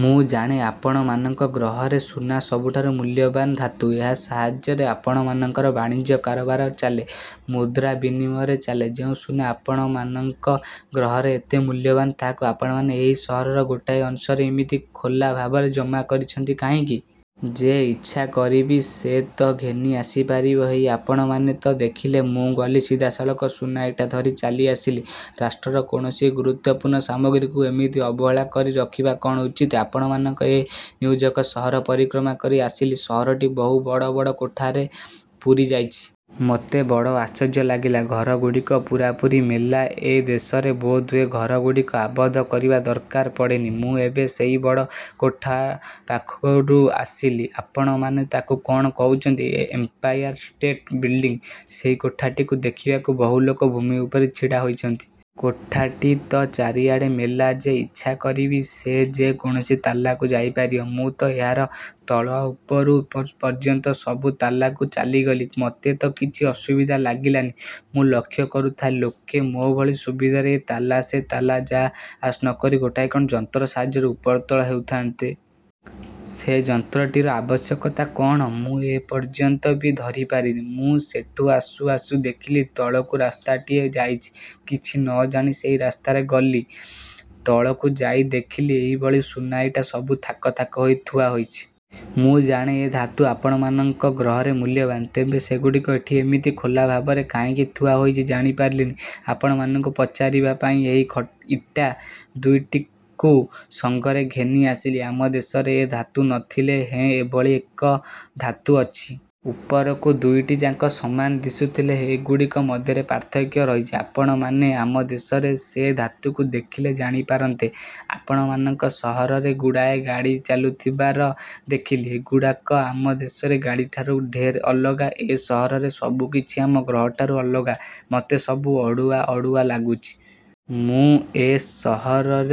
ମୁଁ ଜାଣେ ଆପଣମାନଙ୍କ ଗ୍ରହରେ ସୁନା ସବୁଠାରୁ ମୂଲ୍ୟବାନ ଧାତୁ। ଏହା ସାହାଯ୍ୟରେ ଆପଣମାନଙ୍କର ବାଣିଜ୍ୟ କାରବାର ଚାଲେ, ମୁଦ୍ରା ବିନିମୟ ଚାଲେ। ଯେଉଁ ସୁନା ଆପଣମାନଙ୍କ ଗ୍ରହରେ ଏତେ ମୂଲ୍ୟବାନ, ତାହାକୁ ଆପଣମାନେ ଏହି ସହରର ଗୋଟାଏ ଅଂଶରେ ଏମିତି ଖୋଲା ଭାବରେ ଜମା କରିଛନ୍ତି କାହିଁକି? ଯେ ଇଚ୍ଛା କରିବ ସେ ତ ଘେନି ଆସିପାରିବା ହେଇ ଆପଣମାନେ ତ ଦେଖିଲେ ମୁଁ ଗଲି ସିଧାସଳଖ ସୁନାଇଟା ଧରି ଚାଲିଆସିଲି। ରାଷ୍ଟ୍ରର କୌଣସି ଗୁରୁତ୍ୱପୂର୍ଣ୍ଣ ସାମଗ୍ରୀକୁ ଏମିତି ଅବହେଳା କରି ରଖିବା କ'ଣ ଉଚିତ? ଆପଣମାନଙ୍କ ଏ ନିଉୟର୍କ ସହର ପରିକ୍ରମା କରି ଆସିଲି ସହରଟି ବହୁ ବଡ଼ ବଡ଼ କୋଠାରେ ପୂରିଯାଇଛି। ମୋତ ବଡ଼ ଆଶ୍ଚର୍ଯ୍ୟ ଲାଗିଲା ଘରଗୁଡ଼ିକ ପୂରାପୂରି ମେଲା ଏ ଦେଶରେ ବୋଧହୁଏ ଘରଗୁଡ଼ିକୁ ଆବଦ୍ଧ କରିବା ଦରକାର ପଡ଼େନି। ମୁଁ ଏବେ ସେହି ବଡ଼ କୋଠାପାଖରୁ ଆସିଲି। ଆପଣମାନେ ତାକୁ କ'ଣ କହୁଛନ୍ତି, ଏମ୍ପାୟାରଷ୍ଟେଟ୍ ବିଲଡିଂ। ସେହି କୋଠାଟିକୁ ଦେଖିବାକୁ ବହୁଲୋକ ଭୂମି ଉପରେ ଛିଡ଼ା ହୋଇଛନ୍ତି। କୋଠାଟି ତ ଚାରିଆଡ଼େ ମେଲା ଯେ ଇଚ୍ଛା କରିବ ସେ ଯେ କୌଣସି ତାଲାକୁ ଯାଇପାରିବ। ମୁଁ ତ ଏହାର ତଳୁ ଉପର ପର୍ଯ୍ୟନ୍ତ ସବୁ ତାଲାକୁ ଚାଲିଗଲି। ମୋତେ ତ କିଛି ଅସୁବିଧା ଲାଗିଲାନି। ମୁଁ ଲକ୍ଷ୍ୟ କରୁଥାଏ, ଲୋକେ ମୋ ଭଳି ସୁବିଧାରେ ଏ ତାଲା ସେ ତାଲା ଯା-ଆସ ନ କରି ଗୋଟାଏ କ'ଣ ଯନ୍ତ୍ର ସାହାଯ୍ୟରେ ଉପରତଳ ହେଉଥାନ୍ତି। ସେ ଯନ୍ତ୍ରଟିର ଆବଶ୍ୟକତା କଅଣ ମୁଁ ଏ ପର୍ଯ୍ୟନ୍ତ ବି ଧରିପାରିନି। ମୁଁ ସେଠୁଁ ଆସୁଁ ଆସୁଁ ଦେଖିଲି ତଳକୁ ରାସ୍ତାଟିଏ ଯାଇଛି। କିଛି ନ ଜାଣି ସେହି ରାସ୍ତାରେ ଗଲି। ତଳକୁ ଯାଇଦେଖିଲି ଏହି ଭଳି ସୁନାଇଟା ସବୁ ଥାକ ଥାକ ହୋଇ ଥୁଆ ହୋଇଛି। ମୁଁ ଜାଣେ ଏ ଧାତୁ ଆପଣମାନଙ୍କ ଗ୍ରହରେ ମୂଲ୍ୟବାନ। ତେବେ ସେଗୁଡ଼ିକ ଏଠି ଏମିତି ଖୋଲାଭାବରେ କାହିଁକି ଥୁଆହୋଇଛି ଜାଣିପାରିଲିନି ଆପଣମାନଙ୍କୁ ପଚାରିବା ପାଇଁ ଏହି ଇଟା ଦୁଇଟିକୁ ସଙ୍ଗରେ ଘେନିଆସିଲି। ଆମ ଦେଶରେ ଏ ଧାତୁ ନ ଥିଲେ ହେଁ ଏଭଳି ଏକ ଧାତୁ ଅଛି। ଉପରକୁ ଦୁଇଟିଯାକ ସମାନ ଦିଶୁଥିଲେ ହେଁ ଏଗୁଡ଼ିକ ମଧ୍ୟରେ ପାର୍ଥକ୍ୟ ରହିଛି। ଆପଣମାନେ ଆମଦେଶର ସେ ଧାତୁକୁ ଦେଖିଲେ ଜାଣିପାରନ୍ତେ। ଆପଣମାନଙ୍କ ସହରରେ ଗୁଡ଼ାଏ ଗାଡ଼ି ଚାଲୁଥିବାର ଦେଖିଲି। ଏଗୁଡ଼ାକ ଆମ ଦେଶର ଗାଡ଼ିଠାରୁ ଢେର ଅଲଗା ଏ ସହରର ସବୁ କିଛି ଆମ ଗ୍ରହଠାରୁ ଅଲଗା ମୋତେ ସବୁ ଅଡ଼ୁଆ ଅଡ଼ୁଆ ଲାଗୁଛି। ମୁଁ ଏ ସହରର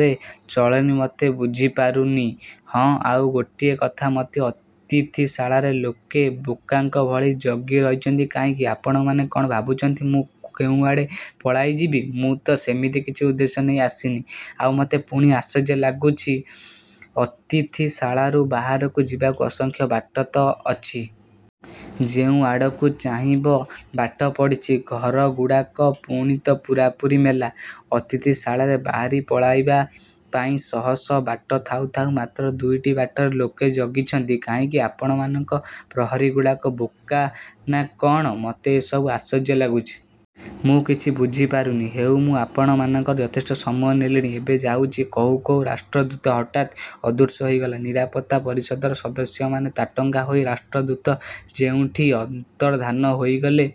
ଚଳଣି ମୋଟେ ବୁଝି ପାରୁନି। ହଁ ଆଉ ଗୋଟିଏ କଥା ମୋତେ ଅତିଥିଶାଳାରେ ଲୋକେ ବୋକାଙ୍କ ଭଳି ଜଗି ରହିଛନ୍ତି କାହିଁକି? ଆପଣମାନେ କ'ଣ ଭାବୁଛନ୍ତି ମୁଁ କେଉଁଆଡ଼େ ପଳାଇଯିବି? ମୁଁ ତ ସେମିତି କିଛି ଉଦ୍ଦେଶ୍ୟ ନେଇ ଆସିନି। ଆଉ ମୋତେ ପୁଣି ଆଶ୍ଚର୍ଯ୍ୟ ଲାଗୁଛି ଅତିଥିଶାଳାରୁ ବାହାରକୁ ଯିବାକୁ ଅସଂଖ୍ୟ ବାଟ ତ ଅଛି। ଯେଉଁ ଆଡ଼କୁ ଚାହିଁବ ବାଟ ପଡ଼ିଛି। ଘରଗୁଡ଼ାକ ପୁଣି ତ ପୂରାପୂରି ମେଲା। ଅତିଥିଶାଳାରୁ ବାହାରି ପଳାଇବା ପାଇଁ ଶହ ଶହ ବାଟ ଥାଉ ଥାଉ ମାତ୍ର ଦୁଇଟି ବାଟରେ ଲୋକେ ଜଗିଛନ୍ତି କାହିଁକି? ଆପଣମାନଙ୍କ ପ୍ରହରୀଗୁଡ଼ାକ ବୋକା ନା କଅଣ? ମୋତେ ଏସବୁ ଆଶ୍ଚର୍ଯ୍ୟ ଲାଗୁଛି। ମୁଁ କିଛି ବୁଝିପାରୁନି। ହେଉ ମୁଁ ଆପଣମାନଙ୍କର ଯଥେଷ୍ଟ ସମୟ ନେଲିଣି ଏବେ ଯାଉଛି। କହୁ କହୁ ରାଷ୍ଟ୍ରଦୂତ ହଠାତ୍ ଅଦୃଶ୍ୟ ହୋଇଗଲା ନିରାପତ୍ତାପରିଷଦର ସଦସ୍ୟମାନେ ତାଟଙ୍ଗା ହୋଇ ରାଷ୍ଟ୍ରଦୂତ ଯେଉଁଠି ଅନ୍ତର୍ଦ୍ଧାନ ହୋଇଗଲା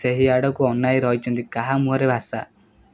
ସେହି ଆଡ଼କୁ ଅନାଇ ରହିଥାନ୍ତି। କାହା ମୁହଁରେ ଭାଷା